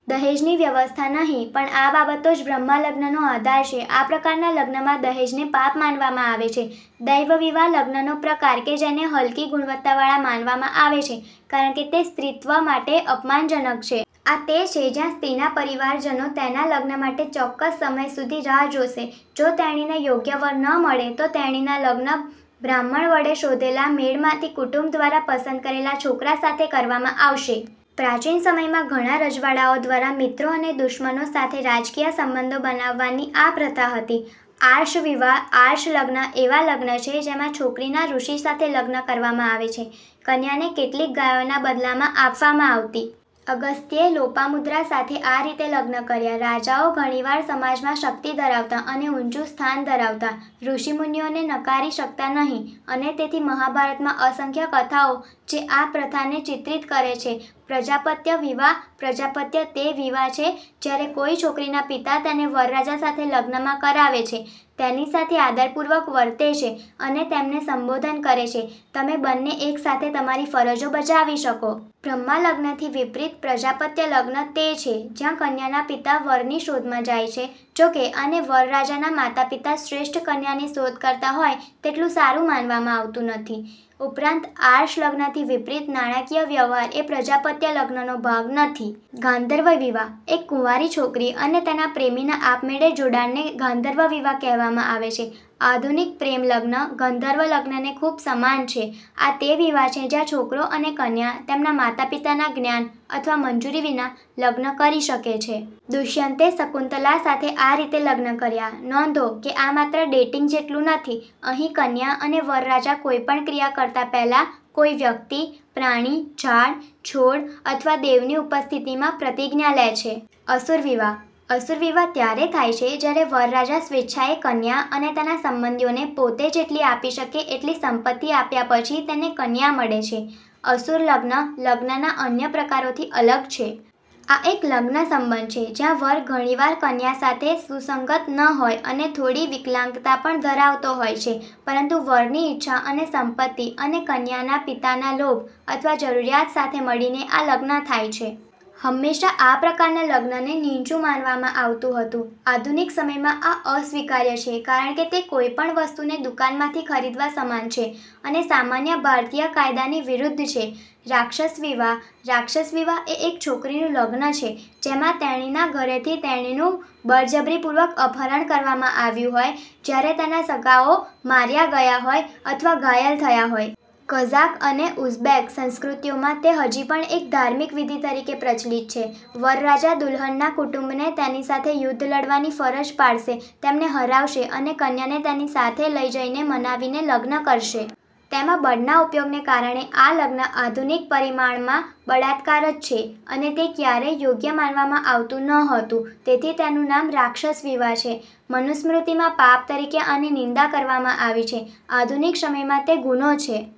દહેજની વ્યવસ્થા નહીં પણ આ બાબતો જ બ્રહ્મ લગ્નનો આધાર છે. આ પ્રકારના લગ્નમાં દહેજને પાપ માનવામાં આવે છે. દૈવ વિવાહ લગ્નનો પ્રકાર કે જેને હલકી ગુણવત્તાવાળા માનવામાં આવે છે કારણ કે તે સ્ત્રીત્વ માટે અપમાનજનક છે. આ તે છે જ્યાં સ્ત્રીના પરિવારજનો તેના લગ્ન માટે ચોક્કસ સમય સુધી રાહ જોશે. જો તેણીને યોગ્ય વર ન મળે, તો તેણીના લગ્ન બ્રાહ્મણ વડે શોધેલા મેળમાંથી કુટુંબ દ્વારા પસંદ કરેલા છોકરા સાથે કરવામાં આવશે. પ્રાચીન સમયમાં ઘણા રજવાડાઓ દ્વારા મિત્રો અને દુશ્મનો સાથે રાજકીય સંબંધો બનાવવાની આ પ્રથા હતી. આર્ષ વિવાહ આર્ષ લગ્ન એવા લગ્ન છે જેમાં છોકરીના ઋષિ સાથે લગ્ન કરવામાં આવે છે. કન્યાને કેટલીક ગાયોના બદલામાં આપવામાં આવતી. અગસ્ત્યે લોપામુદ્રા સાથે આ રીતે લગ્ન કર્યા. રાજાઓ ઘણીવાર સમાજમાં શક્તિ ધરાવતા અને ઊંચું સ્થાન ધરાવતા ઋષિ મુનિઓને નકારી શકતા નહીં અને તેથી મહાભારતમાં અસંખ્ય કથાઓ જે આ પ્રથાને ચિત્રિત કરે છે. પ્રજાપત્ય વિવાહ પ્રજાપત્ય તે વિવાહ છે જ્યારે કોઈ છોકરીના પિતા તેને વરરાજા સાથે લગ્નમાં કરાવે છે, તેની સાથે આદરપૂર્વક વર્તે છે અને તેમને સંબોધન કરે છે: 'તમે બંને એક સાથે તમારી ફરજો બજાવી શકો'. બ્રહ્મ લગ્નથી વિપરીત, પ્રજાપત્ય લગ્ન તે છે જ્યાં કન્યાના પિતા વરની શોધમાં જાય છે, જોકે, આને વરરાજાના માતાપિતા શ્રેષ્ઠ કન્યાની શોધ કરતા હોય તેટલું સારું માનવામાં આવતું નથી. ઉપરાંત, આર્ષ લગ્નથી વિપરીત, નાણાકીય વ્યવહાર એ પ્રજાપત્ય લગ્નનો ભાગ નથી. ગાંધર્વ વિવાહ એક કુંવારી છોકરી અને તેના પ્રેમીના આપમેળે જોડાણને ગાંધર્વ વિવાહ કહેવામાં આવે છે. આધુનિક 'પ્રેમ' લગ્ન ગંધર્વ લગ્નને ખૂબ સમાન છે. આ તે વિવાહ છે જ્યાં છોકરો અને કન્યા તેમના માતાપિતાના જ્ઞાન અથવા મંજૂરી વિના લગ્ન કરી શકે છે. દુષ્યંતે શકુંતલા સાથે આ રીતે લગ્ન કર્યા. નોંધો કે આ માત્ર ડેટિંગ જેટલું નથી. અહીં કન્યા અને વરરાજા કોઈ પણ ક્રિયા કરતા પહેલા, કોઈ વ્યક્તિ, પ્રાણી, ઝાડ, છોડ અથવા દેવની ઉપસ્થિતિમાં પ્રતિજ્ઞા લે છે. અસુર વિવાહ અસુર વિવાહ ત્યારે થાય છે જ્યારે વરરાજા સ્વેચ્છાએ કન્યા અને તેના સંબંધીઓને પોતે જેટલી આપી શકે એટલી સંપત્તિ આપ્યા પછી તેને કન્યા મળે છે. અસુર લગ્ન લગ્નના અન્ય પ્રકારોથી અલગ છે. આ એક લગ્નસંબંધ છે જ્યાં વર ઘણીવાર કન્યા સાથે સુસંગત ન હોય અને થોડી વિકલાંગતા પણ ધરાવતો હોય છે, પરંતુ વરની ઇચ્છા અને સંપત્તિ અને કન્યાના પિતાના લોભ અથવા જરૂરિયાત સાથે મળીને આ લગ્ન થાય છે. હંમેશા આ પ્રકારના લગ્નને નીચું માનવામાં આવતું હતું. આધુનિક સમયમાં આ અસ્વીકાર્ય છે કારણ કે તે કોઈ પણ વસ્તુને દુકાનમાંથી ખરીદવા સમાન છે અને સામાન્ય ભારતીય કાયદાની વિરુદ્ધ છે. રાક્ષસ વિવાહ રાક્ષસ વિવાહ એ એક છોકરીનું લગ્ન છે જેમાં તેણીના ઘરેથી તેણીનું બળજબરીપૂર્વક અપહરણ કરવામાં આવ્યું હોય, જ્યારે તેના સગાઓ માર્યા ગયા હોય અથવા ઘાયલ થયા હોય. કઝાક અને ઉઝ્બેક સંસ્કૃતિઓમાં તે હજી પણ એક ધાર્મિક વિધિ તરીકે પ્રચલિત છે. વરરાજા દુલ્હનના કુટુંબને તેની સાથે યુદ્ધ લડવાની ફરજ પાડશે, તેમને હરાવશે અને કન્યાને તેની સાથે લઇ જઈને મનાવીને લગ્ન કરશે. તેમાં બળના ઉપયોગને કારણે આ લગ્ન આધુનિક પરિમાણમાં બળાત્કાર જ છે, અને તે ક્યારેય યોગ્ય માનવામાં આવતું નહોતું તેથી તેનું નામ રાક્ષસ વિવાહ છે. મનુસ્મૃતિમાં પાપ તરીકે આની નિંદા કરવામાં આવી છે. આધુનિક સમયમાં તે ગુનો છે.